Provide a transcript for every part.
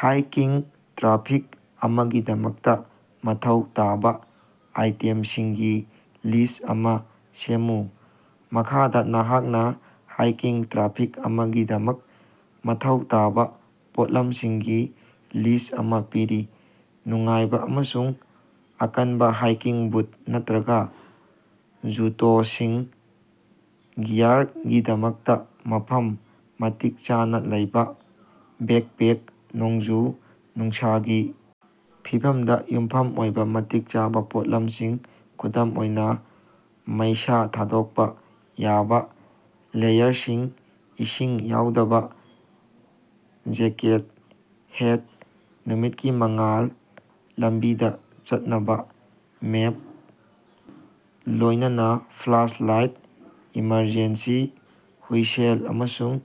ꯍꯥꯏꯀꯤꯡ traffic ꯑꯃꯒꯤꯗꯃꯛꯇ ꯃꯊꯧ ꯇꯥꯕ ꯑꯥꯏꯇꯦꯝꯁꯤꯡꯒꯤ ꯂꯤꯁ꯭ꯠ ꯑꯃ ꯁꯦꯝꯃꯨ꯫ ꯃꯈꯥꯗ ꯅꯍꯥꯛꯅ ꯍꯥꯏꯀꯤꯡ ꯇ꯭ꯔꯥꯐꯤꯛ ꯑꯃꯒꯤꯗꯃꯛ ꯃꯊꯧ ꯇꯥꯕ ꯄꯣꯠꯂꯝꯁꯤꯡꯒꯤ ꯂꯤꯁ꯭ꯠ ꯑꯃ ꯄꯤꯔꯤ꯫ꯅꯨꯡꯉꯥꯏꯕ ꯑꯃꯁꯨꯡ ꯑꯀꯟꯕ ꯍꯥꯏꯀꯤꯡ ꯕꯨꯠ ꯅꯠꯇꯔꯒ ꯖꯨꯇꯣꯁꯤꯡ ꯒꯤꯌꯥꯔꯒꯤꯗꯃꯛꯇ ꯃꯐꯝ ꯃꯇꯤꯛ ꯆꯥꯅ ꯂꯩꯕ ꯕꯦꯛꯄꯦꯛ ꯅꯣꯡꯖꯨ-ꯅꯨꯡꯁꯥꯒꯤ ꯐꯤꯚꯝꯗ ꯌꯨꯝꯐꯝ ꯑꯣꯏꯕ ꯃꯇꯤꯛ ꯆꯥꯕ ꯄꯣꯠꯂꯝꯁꯤꯡ ꯈꯨꯗꯝ ꯑꯣꯏꯅ ꯃꯩꯁꯥ ꯊꯥꯗꯣꯛꯄ ꯌꯥꯕ ꯂꯦꯌꯔꯁꯤꯡ, ꯏꯁꯤꯡ ꯌꯥꯎꯗꯕ ꯖꯦꯀꯦꯠ, ꯍꯦꯠ, ꯅꯨꯃꯤꯠꯀꯤ ꯃꯉꯥꯜ ꯂꯝꯕꯤꯗ ꯆꯠꯅꯕ ꯃꯦꯞ ꯂꯣꯏꯅꯅ ꯐ꯭ꯂꯥꯁꯂꯥꯏꯠ ꯏꯃꯔꯖꯦꯟꯁꯤ ꯍꯨꯏꯁꯜ ꯑꯃꯁꯨꯡ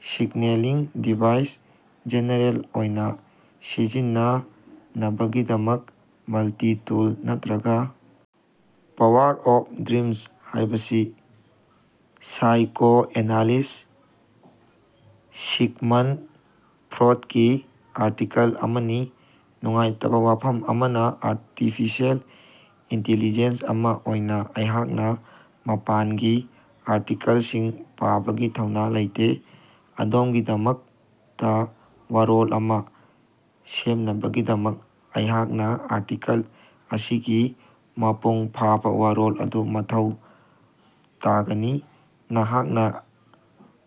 ꯁꯤꯒꯅꯦꯂꯤꯡ ꯗꯤꯚꯥꯏꯁ ꯖꯦꯅꯦꯔꯦꯜ ꯑꯣꯏꯅ ꯁꯤꯖꯤꯟꯅꯅꯕꯒꯤꯗꯃꯛ ꯃꯜꯇꯤ-ꯇꯨꯜ ꯅꯠꯇꯔꯒ ꯄꯥꯋꯔ ꯑꯣꯐ ꯗ꯭ꯔꯤꯃꯁ ꯍꯥꯏꯕꯁꯤ ꯁꯥꯏꯀꯣꯑꯦꯅꯂꯤꯁ꯭ꯠ, ꯁꯤꯒꯃꯟꯗ ꯐ꯭ꯔꯣꯗꯀꯤ ꯑꯥꯔꯇꯤꯀꯜ ꯑꯃꯅꯤ꯫ ꯅꯨꯡꯉꯥꯏꯇꯕꯥ ꯋꯥꯐꯝ ꯑꯃꯅ ꯑꯔꯇꯤꯐꯤꯁꯦꯜ ꯏꯟꯇꯤꯂꯤꯖꯦꯟ ꯑꯃ ꯑꯣꯏꯅ ꯑꯩꯍꯥꯛꯅ ꯃꯄꯥꯟꯒꯤ ꯑꯥꯔꯇꯤꯀꯜꯁꯤꯡ ꯄꯥꯕꯒꯤ ꯊꯧꯅ ꯂꯩꯇꯦ꯫ ꯑꯗꯣꯝꯒꯤꯗꯃꯛꯇ ꯋꯥꯔꯣꯜ ꯑꯃ ꯁꯦꯝꯅꯕꯒꯤꯗꯃꯛ ꯑꯩꯍꯥꯛꯅ ꯑꯥꯔꯇꯤꯀꯜ ꯑꯁꯤꯒꯤ ꯃꯄꯨꯡ ꯐꯥꯕ ꯋꯥꯔꯣꯜ ꯑꯗꯨ ꯃꯊꯧ ꯇꯥꯒꯅꯤ꯫ ꯑꯩꯍꯥꯛꯅ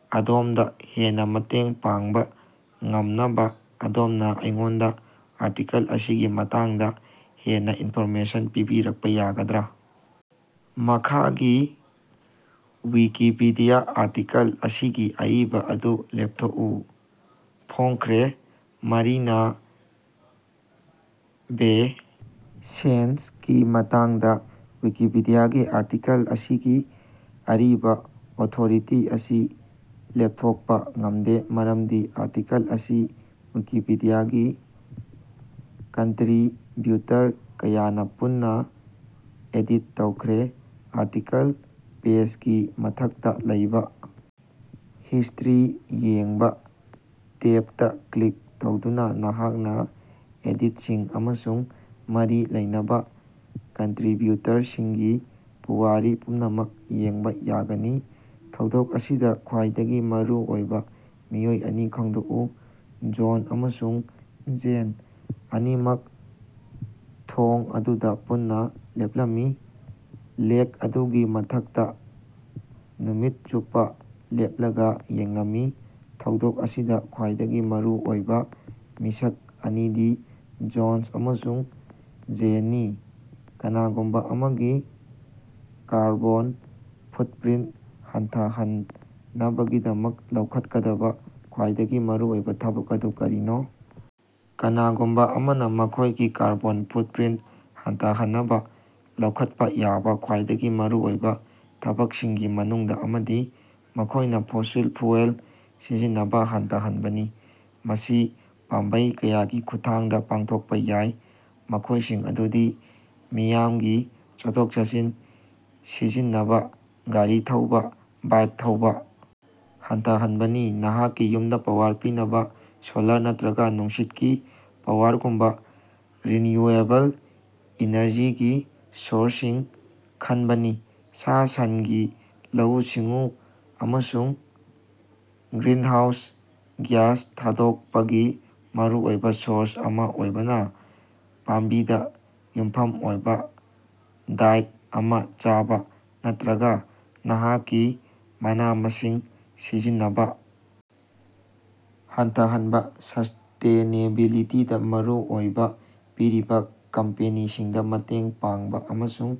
ꯑꯗꯣꯝꯗ ꯍꯦꯟꯅ ꯃꯇꯦꯡ ꯄꯥꯡꯕ ꯉꯝꯅꯕꯥ ꯑꯗꯣꯝꯅ ꯑꯩꯉꯣꯟꯗ ꯑꯥꯔꯇꯤꯀꯜ ꯑꯁꯤꯒꯤ ꯃꯇꯥꯡꯗ ꯍꯦꯟꯅ ꯏꯟꯐꯣꯔꯃꯦꯁꯟ ꯄꯤꯕꯤꯔꯛꯄ ꯌꯥꯒꯗ꯭ꯔꯥ? ꯃꯈꯥꯒꯤ ꯋꯤꯀꯤꯄꯤꯗꯤꯌꯥ ꯑꯥꯔꯇꯤꯀꯜ ꯑꯁꯤꯒꯤ ꯑꯏꯕ ꯑꯗꯨ ꯂꯦꯞꯊꯣꯛꯎ꯫ ꯐꯣꯡꯈ꯭ꯔꯦ ꯃꯔꯤꯅꯥ ꯕꯦ ꯁꯦꯟꯗꯁꯀꯤ ꯃꯇꯥꯡꯗ ꯋꯤꯀꯤꯄꯤꯗꯤꯌꯥꯒꯤ ꯑꯥꯔꯇꯤꯀꯜ ꯑꯁꯤꯒꯤ ꯑꯔꯤꯕ ꯑꯣꯊꯣꯔꯤꯇꯤ ꯑꯁꯤ ꯂꯦꯞꯊꯣꯛꯄ ꯉꯝꯗꯦ, ꯃꯔꯝꯗꯤ ꯑꯥꯔꯇꯤꯀꯜ ꯑꯁꯤ ꯋꯤꯀꯤꯄꯤꯗꯤꯌꯥꯒꯤ ꯀꯟꯇꯔꯤꯕ꯭ꯌꯨꯇꯔ ꯀꯌꯥꯅꯥ ꯄꯨꯟꯅꯥ ꯑꯦꯗꯤꯠ ꯇꯧꯈ꯭ꯔꯦ꯫ ꯑꯥꯔꯇꯤꯀꯜ ꯄꯦꯖꯒꯤ ꯃꯊꯛꯇꯥ ꯂꯩꯕꯥ "ꯍꯤꯁ꯭ꯇꯔꯤ ꯌꯦꯡꯕꯥ" ꯇꯦꯕꯇꯥ ꯀ꯭ꯂꯤꯛ ꯇꯧꯗꯨꯅ ꯅꯍꯥꯛꯅ ꯑꯦꯗꯤꯠꯁꯤꯡ ꯑꯃꯁꯨꯡ ꯃꯔꯤ ꯂꯩꯅꯕ ꯀꯟꯇꯔꯤꯕ꯭ꯌꯨꯇꯔꯁꯤꯡꯒꯤ ꯄꯨꯋꯥꯔꯤ ꯄꯨꯝꯅꯃꯛ ꯌꯦꯡꯕꯥ ꯌꯥꯒꯅꯤ꯫ ꯊꯧꯗꯣꯛ ꯑꯁꯤꯗ ꯈ꯭ꯋꯥꯏꯗꯒꯤ ꯃꯔꯨꯑꯣꯏꯕ ꯃꯤꯑꯣꯏ ꯑꯅꯤ ꯈꯪꯗꯣꯛꯎ꯫ ꯖꯣꯟ ꯑꯃꯁꯨꯡ ꯖꯦꯟ ꯑꯅꯤꯃꯛ ꯊꯣꯡ ꯑꯗꯨꯗ ꯄꯨꯟꯅ ꯂꯦꯞꯂꯝꯃꯤ, ꯂꯦꯛ ꯑꯗꯨꯒꯤ ꯃꯊꯛꯇ ꯅꯨꯃꯤꯠ ꯆꯨꯞꯄ ꯂꯦꯞꯂꯒ ꯌꯦꯡꯂꯝꯃꯤ꯫ ꯊꯧꯗꯣꯛ ꯑꯁꯤꯗ ꯈ꯭ꯋꯥꯏꯗꯒꯤ ꯃꯔꯨ ꯑꯣꯏꯕ ꯃꯤꯁꯛ ꯑꯅꯤꯗꯤ ꯖꯣꯟꯁ ꯑꯃꯁꯨꯡ ꯖꯦꯅꯅꯤ꯫ ꯀꯅꯥꯒꯨꯝꯕ ꯑꯃꯒꯤ ꯀꯥꯔꯕꯣꯟ ꯐꯨꯠꯞꯔꯤꯟꯇ ꯍꯟꯊꯍꯟꯅꯕꯒꯤꯗꯃꯛ ꯂꯧꯈꯠꯀꯗꯕ ꯈ꯭ꯌꯥꯏꯗꯒꯤ ꯃꯔꯨꯑꯣꯏꯕ ꯊꯕꯛ ꯑꯗꯨ ꯀꯔꯤꯅꯣ? ꯀꯅꯥꯒꯨꯝꯕ ꯑꯃꯅ ꯃꯈꯣꯏꯒꯤ ꯀꯥꯔꯕꯣꯟ ꯐꯨꯠꯞꯔꯤꯟꯇ ꯍꯟꯊꯍꯟꯅꯕ ꯂꯧꯈꯠꯄ ꯌꯥꯕ ꯈ꯭ꯋꯥꯏꯗꯒꯤ ꯃꯔꯨꯑꯣꯏꯕ ꯊꯕꯛꯁꯤꯡꯒꯤ ꯃꯅꯨꯡꯗ ꯑꯃꯗꯤ ꯃꯈꯣꯏꯅ ꯐꯣꯁꯤꯜ ꯐ꯭ꯌꯨꯑꯦꯜ ꯁꯤꯖꯤꯟꯅꯕ ꯍꯟꯊꯍꯟꯕꯅꯤ꯫ ꯃꯁꯤ ꯄꯥꯝꯕꯩ ꯀꯌꯥꯒꯤ ꯈꯨꯠꯊꯥꯡꯗ ꯄꯥꯡꯊꯣꯛꯄ ꯌꯥꯏ, ꯃꯈꯣꯏꯁꯤꯡ ꯑꯗꯨꯗꯤ: ꯃꯤꯌꯥꯝꯒꯤ ꯆꯠꯊꯣꯛ-ꯆꯠꯁꯤꯟ ꯁꯤꯖꯤꯟꯅꯕꯥ, ꯒꯥꯔꯤ ꯊꯧꯕ, ꯕꯥꯏꯛ ꯊꯧꯕ, ꯍꯟꯊꯍꯅꯕꯅꯤ꯫ ꯅꯍꯥꯛꯀꯤ ꯌꯨꯝꯗ ꯄꯥꯋꯔ ꯄꯤꯅꯕ ꯁꯣꯂꯥꯔ ꯅꯠꯇꯔꯒ ꯅꯨꯡꯁꯤꯠꯀꯤ ꯄꯥꯋꯔꯒꯨꯝꯕ ꯔꯤꯟꯌꯨꯑꯦꯕꯜ ꯏꯅꯔꯖꯤꯒꯤ ꯁꯣꯔꯁꯁꯤꯡ ꯈꯟꯕꯅꯤ꯫ ꯁꯥ-ꯁꯟꯒꯤ ꯂꯧꯎ-ꯁꯤꯡꯎ ꯑꯁꯤ ꯒ꯭ꯔꯤꯅꯍꯥꯎꯁ ꯒ꯭ꯌꯥꯁ ꯊꯥꯗꯣꯛꯄꯒꯤ ꯃꯔꯨꯑꯣꯏꯕ ꯁꯣꯔꯁ ꯑꯃ ꯑꯣꯏꯕꯅ ꯄꯥꯝꯕꯤꯗ ꯌꯨꯝꯐꯝ ꯑꯣꯏꯕ ꯗꯥꯏꯠ ꯑꯃ ꯆꯥꯕ ꯅꯠꯇꯔꯒ ꯅꯍꯥꯛꯀꯤ ꯃꯅꯥ-ꯃꯁꯤꯡ ꯁꯤꯖꯤꯟꯅꯕ ꯍꯟꯊꯍꯟꯕꯥ꯫ ꯁꯁ꯭ꯇꯦꯅꯦꯕꯤꯂꯤꯇꯤꯗꯥ ꯃꯔꯨ ꯑꯣꯏꯕ ꯄꯤꯔꯤꯕ ꯀꯝꯄꯦꯅꯤꯁꯤꯡꯗ ꯃꯇꯦꯡ ꯄꯥꯡꯕ ꯑꯃꯁꯨꯡ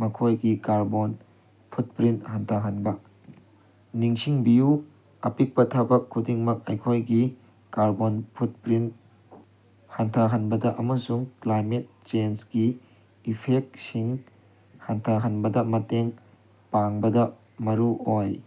ꯃꯈꯣꯏꯒꯤ ꯀꯥꯔꯕꯣꯟ ꯐꯨꯠꯄꯔꯤꯟꯇ ꯍꯟꯊꯍꯟꯕ꯫ ꯅꯤꯡꯁꯤꯡꯕꯤꯌꯨ ꯑꯄꯤꯛꯄ ꯊꯕꯛ ꯈꯨꯗꯤꯡꯃꯛ ꯑꯩꯈꯣꯏꯒꯤ ꯀꯥꯔꯕꯣꯟ ꯐꯨꯠꯄꯔꯤꯟꯇ ꯍꯟꯊꯍꯟꯕꯗ ꯑꯃꯁꯨꯡ ꯀ꯭ꯂꯥꯏꯃꯦꯠ ꯆꯦꯟꯖꯒꯤ ꯏꯐꯦꯛꯇꯁꯤꯡ ꯍꯟꯊꯍꯟꯕꯗ ꯃꯇꯦꯡ ꯄꯥꯡꯕꯗ ꯃꯔꯨ ꯑꯣꯏ꯫